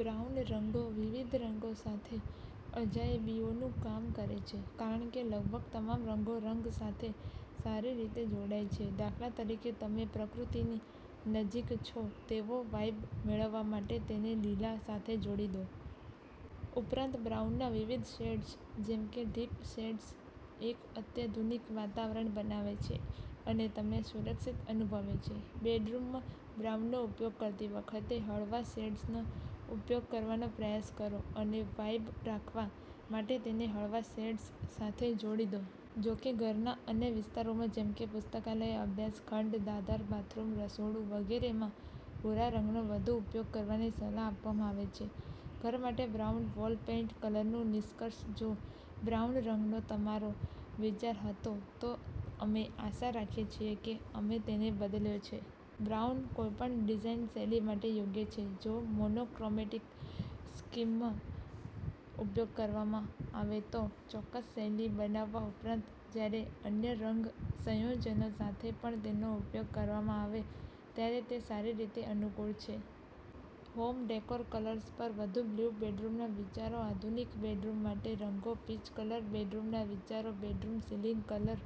Brown રંગો વિવિધ રંગો સાથે અજાયબીઓનું કામ કરે છે, કારણ કે લગભગ તમામ રંગો રંગ સાથે સારી રીતે જોડાય છે. દાખલા તરીકે, તમે પ્રકૃતિની નજીક છો તેવો વાઇબ મેળવવા માટે તેને લીલા સાથે જોડી દો. ઉપરાંત, બ્રાઉનના વિવિધ શેડ્સ જેમ કે ડીપ શેડ્સ, એક અત્યાધુનિક વાતાવરણ બનાવે છે અને તમને સુરક્ષિત અનુભવે છે. બેડરૂમમાં બ્રાઉનનો ઉપયોગ કરતી વખતે, હળવા શેડ્સનો ઉપયોગ કરવાનો પ્રયાસ કરો અને વાઇબ રાખવા માટે તેને હળવા શેડ્સ સાથે જોડી દો. જો કે, ઘરના અન્ય વિસ્તારોમાં જેમ કે પુસ્તકાલય, અભ્યાસ ખંડ, દાદર, બાથરૂમ, રસોડું વગેરેમાં ભૂરા રંગનો વધુ ઉપયોગ કરવાની સલાહ આપવામાં આવે છે. ઘર માટે બ્રાઉન વોલ પેઇન્ટ કલરનું નિષ્કર્ષ જો બ્રાઉન રંગનો તમારો વિચારહતો, તો અમે આશા રાખીએ છીએ કે અમે તેને બદલ્યો છે! બ્રાઉન કોઈપણ ડિઝાઇન શૈલી માટે યોગ્ય છે. જો મોનોક્રોમેટિક સ્કીમમાં ઉપયોગ કરવામાં આવે તો ચોક્કસ શૈલી બનાવવા ઉપરાંત, જ્યારે અન્ય રંગ સંયોજનો સાથે પણ તેનો ઉપયોગ કરવામાં આવે ત્યારે તે સારી રીતે અનુકૂળ છે! હોમ ડેકોર કલર્સ પર વધુ બ્લુ બેડરૂમના વિચારો આધુનિક બેડરૂમ માટે રંગો પીચ કલર બેડરૂમના વિચારો bedroom ceiling colour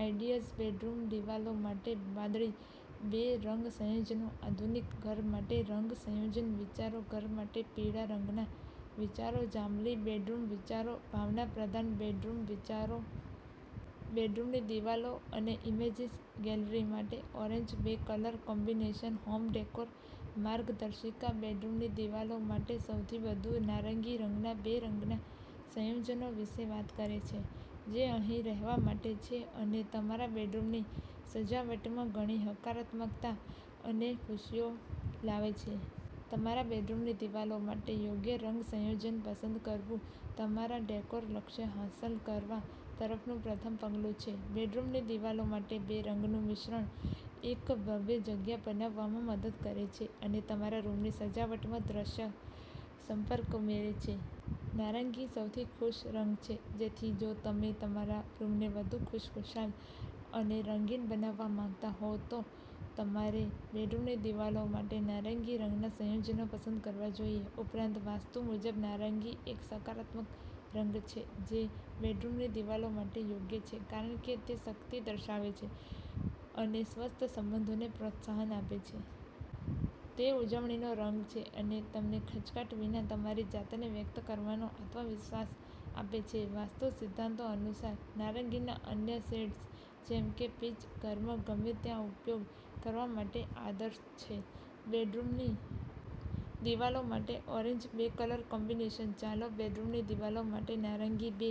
ideas bedroom દિવાલો માટે વાદળી બે રંગ સંયોજનો આધુનિક ઘર માટે રંગ સંયોજન વિચારો ઘર માટે પીળા રંગના વિચારો જાંબલી બેડરૂમ વિચારો ભાવનાપ્રધાન બેડરૂમ વિચારો+.. બેડરૂમની દિવાલો અને ઈમેજીસ ગેલેરી માટે ઓરેન્જ બે કલર કોમ્બિનેશન હોમ ડેકોર માર્ગદર્શિકા બેડરૂમની દિવાલો માટે સૌથી વધુ નારંગી રંગના બે રંગના સંયોજનો વિશે વાત કરે છે જે અહીં રહેવા માટે છે અને તમારા બેડરૂમની સજાવટમાં ઘણી હકારાત્મકતા અને ખુશીઓ લાવે છે. તમારા બેડરૂમની દિવાલો માટે યોગ્ય રંગ સંયોજન પસંદ કરવુંતમારા ડેકોર લક્ષ્યો હાંસલ કરવા તરફનું પ્રથમ પગલું છે. બેડરૂમની દિવાલો માટે બે રંગનું મિશ્રણ એક ભવ્ય જગ્યા બનાવવામાં મદદ કરે છે અને તમારા રૂમની સજાવટમાં દ્રશ્ય સંપર્ક ઉમેરે છે. નારંગીસૌથી ખુશ રંગ છે. તેથી, જો તમે તમારા રૂમને વધુ ખુશખુશાલ અને રંગીન બનાવવા માંગતા હો, તો તમારે બેડરૂમની દિવાલો માટે નારંગી રંગના સંયોજનો પસંદ કરવા જોઈએ. ઉપરાંત, વાસ્તુ મુજબ, નારંગી એક સકારાત્મક રંગ છે જે બેડરૂમની દિવાલો માટે યોગ્ય છે કારણ કે તે શક્તિ દર્શાવે છે અને સ્વસ્થ સંબંધોને પ્રોત્સાહન આપે છે. તે ઉજવણીનો રંગ છે અને તમને ખચકાટ વિના તમારી જાતને વ્યક્ત કરવાનો આત્મવિશ્વાસ આપે છે. વાસ્તુ સિદ્ધાંતો અનુસાર, નારંગીના અન્ય શેડ્સ, જેમ કે પીચ, ઘરમાં ગમે ત્યાં ઉપયોગ કરવા માટે આદર્શ છે. બેડરૂમની દિવાલો માટે ઓરેન્જ બે કલર કોમ્બિનેશન ચાલો બેડરૂમની દિવાલો માટે નારંગી બે